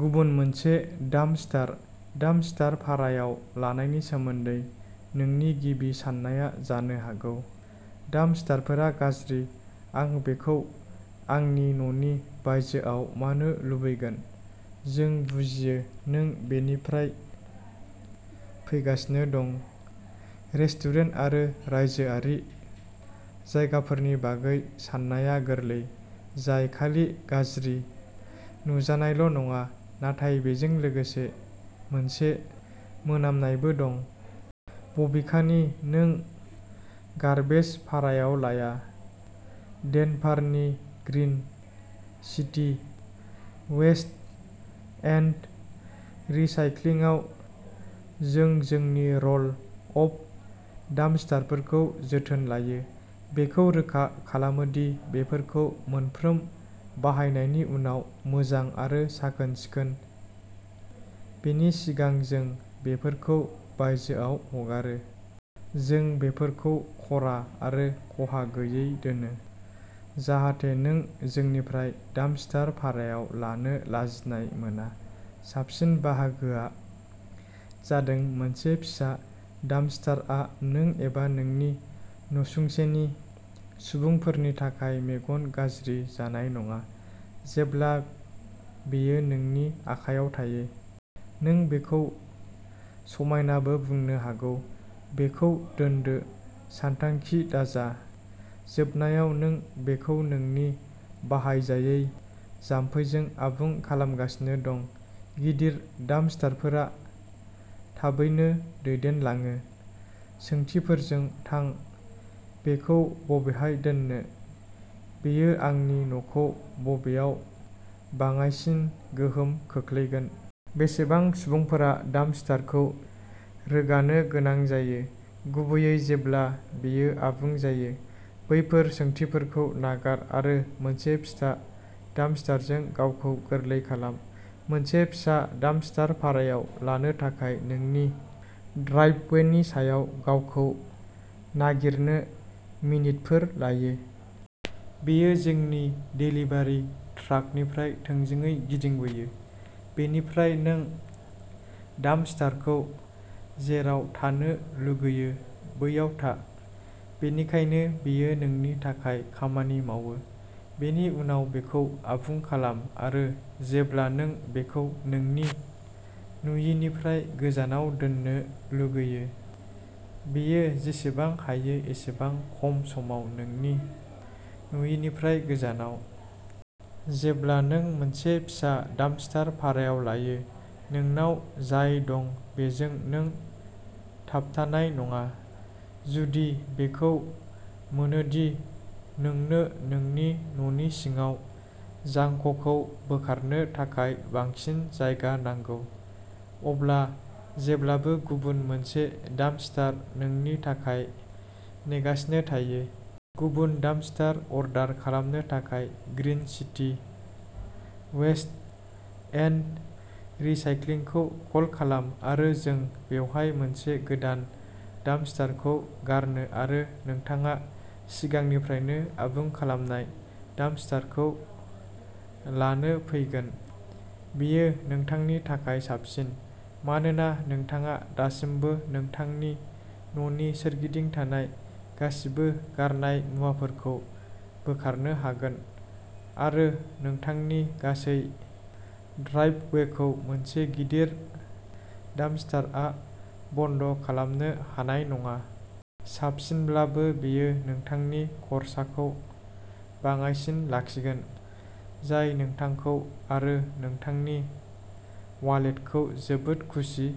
गुबुन मोनसे dumpster. Dumpster भारायाव लानायनि सोमोन्दै नोंनि गिबि साननाया जानो हागौ, डाम्पस्टारफोरा गाज्रि, आं बेखौ आंनि न'नि बायजोआव मानो लुबैगोन। जों बुजियो नों बबेनिफ्राय फैगासिनो दं। रेस्टुरेन्ट आरो रायजोआरि जायगाफोरनि बागै साननाया गोरलै, जाय खालि गाज्रि नुजानायल' नङा, नाथाय बेजों लोगोसे मोनसे मोनामनायबो दं। बबेखानि, नों गार्बेज भारायाव लाया। डेनभारनि ग्रीन सिटी वेस्ट एन्ड रिसाइक्लिंआव, जों जोंनि र'ल अफ डाम्पस्टारफोरखौ जोथोन लायो, बेखौ रोखा खालामो दि बेफोरखौ मोनफ्रोम बाहायनायनि उनाव मोजां आरो साखोन सिखोन, बेनि सिगां जों बेफोरखौ बायजोआव हगारो। जों बेफोरखौ ख'रा आरो खहा गैयै दोनो, जाहाथे नों जोंनिफ्राय डाम्पस्टार भारायाव लानो लाजिनाय मोना। साबसिन बाहागोआ जादों मोनसे फिसा डाम्पस्टारआ नों एबा नोंनि नसुंसेनि सुबुंफोरनि थाखाय मेगन गाज्रि जानाय नङा, जेब्ला बेयो नोंनि आखायाव थायो। नों बेखौ समायनाबो बुंनो हागौ। बेखौ दोननो सानथांखि दाजा, जोबनायाव नों बेखौ नोंनि बाहायजायै जामफैजों आबुं खालामगासिनो दं। गिदिर डाम्पस्टारफोरा थाबैनो दैदेनलाङो। सोंथिफोरजों थां। बेखौ बबेहाय दोननो? बेयो आंनि न'खौ बबेयाव बाङायसिन गोहोम खोख्लैगोन? बेसेबां सुबुंफोरा डाम्पस्टारखौ रोगानो गोनां जायो, गुबैयै जेब्ला बेयो आबुं जायो? बैफोर सोंथिफोरखौ नागार आरो मोनसे फिसा डाम्पस्टारजों गावखौ गोरलै खालाम। मोनसे फिसा डाम्पस्टार भारायाव लानो थाखाय नोंनि ड्राइभवेनि सायाव गावखौ नागिरनो मिनिटफोर लायो। बेयो जोंनि देलिभारि ट्राकनिफ्राय थोंजोङै गिदिंबोयो। बेनिफ्राय, नों डाम्पस्टारखौ जेराव थानो लुगैयो बैयाव था, बेनिखायनो बेयो नोंनि थाखाय खामानि मावो। बेनि उनाव बेखौ आबुं खालाम आरो जेब्ला नों बेखौ नोंनि नुयिनिफ्राय गोजानाव दोननो लुगैयो, बेयो जेसेबां हायो एसेबां खम समाव नोंनि नुयिनिफ्राय गोजानाव। जेब्ला नों मोनसे फिसा डाम्पस्टार भारायाव लायो, नोंनाव जाय दं बेजों नों थाबथानाय नङा। जुदि बेखौ मोनो दि नोंनो नोंनि न'नि सिङाव जांकखौ बोखारनो थाखाय बांसिन जायगा नांगौ, अब्ला जेब्लाबो गुबुन मोनसे डाम्पस्टार नोंनि थाखाय नेगासिनो थायो। गुबुन डाम्पस्टार अर्डार खालामनो थाखाय ग्रीन सिटी वेस्ट एन्ड रिसाइक्लिंखौ कल खालाम आरो जों बेवहाय मोनसे गोदान डाम्पस्टारखौ गारनो आरो नोंथाङा सिगांनिफ्रायनो आबुं खालामनाय डाम्पस्टारखौ लानो फैगोन। बेयो नोंथांनि थाखाय साबसिन, मानोना नोंथाङा दासिमबो नोंथांनि न'नि सोरगिदिं थानाय गासिबो गारनाय मुवाफोरखौ बोखारनो हागोन आरो नोंथांनि गासै ड्राइभवेखौ मोनसे गिदिर डाम्पस्टारआ बन्द' खालामनो हानाय नङा। साबसिनब्लाबो, बेयो नोंथांनि खरसाखौ बाङाइसिन लाखिगोन, जाय नोंथांखौ आरो नोंथांनि वालेटखौ जोबोद खुसि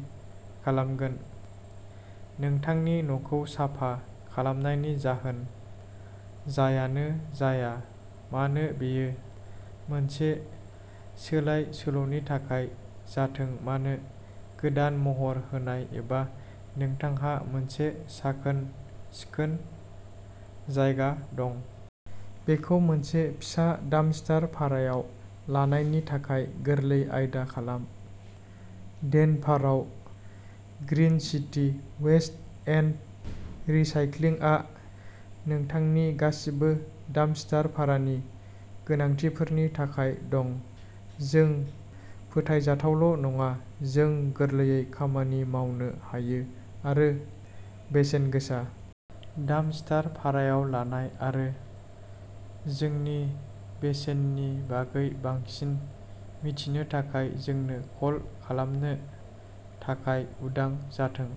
खालामगोन। नोंथांनि न'खौ साफा खालामनायनि जाहोन जायानो जाया मानो बेयो मोनसे सोलायसोल'नि थाखाय जाथों मानो, गोदान महर होनाय एबा नोंथांहा मोनसे साखोन सिखोन जायगा दं। बेखौ मोनसे फिसा डाम्पस्टार भारायाव लानायनि थाखाय गोरलै आयदा खालाम। डेनभाराव ग्रीन सिटी वेस्ट एन्ड रिसाइक्लिंआ नोंथांनि गासिबो डाम्पस्टार भारानि गोनांथिफोरनि थाखाय दं। जों फोथायजाथावल' नङा, जों गोरलैयै खामानि मावनो हायो आरो बेसेनगोसा। डाम्पस्टार भारायाव लानाय आरो जोंनि बेसेननि बागै बांसिन मिथिनो थाखाय, जोंनो कल खालामनो थाखाय उदां जाथों।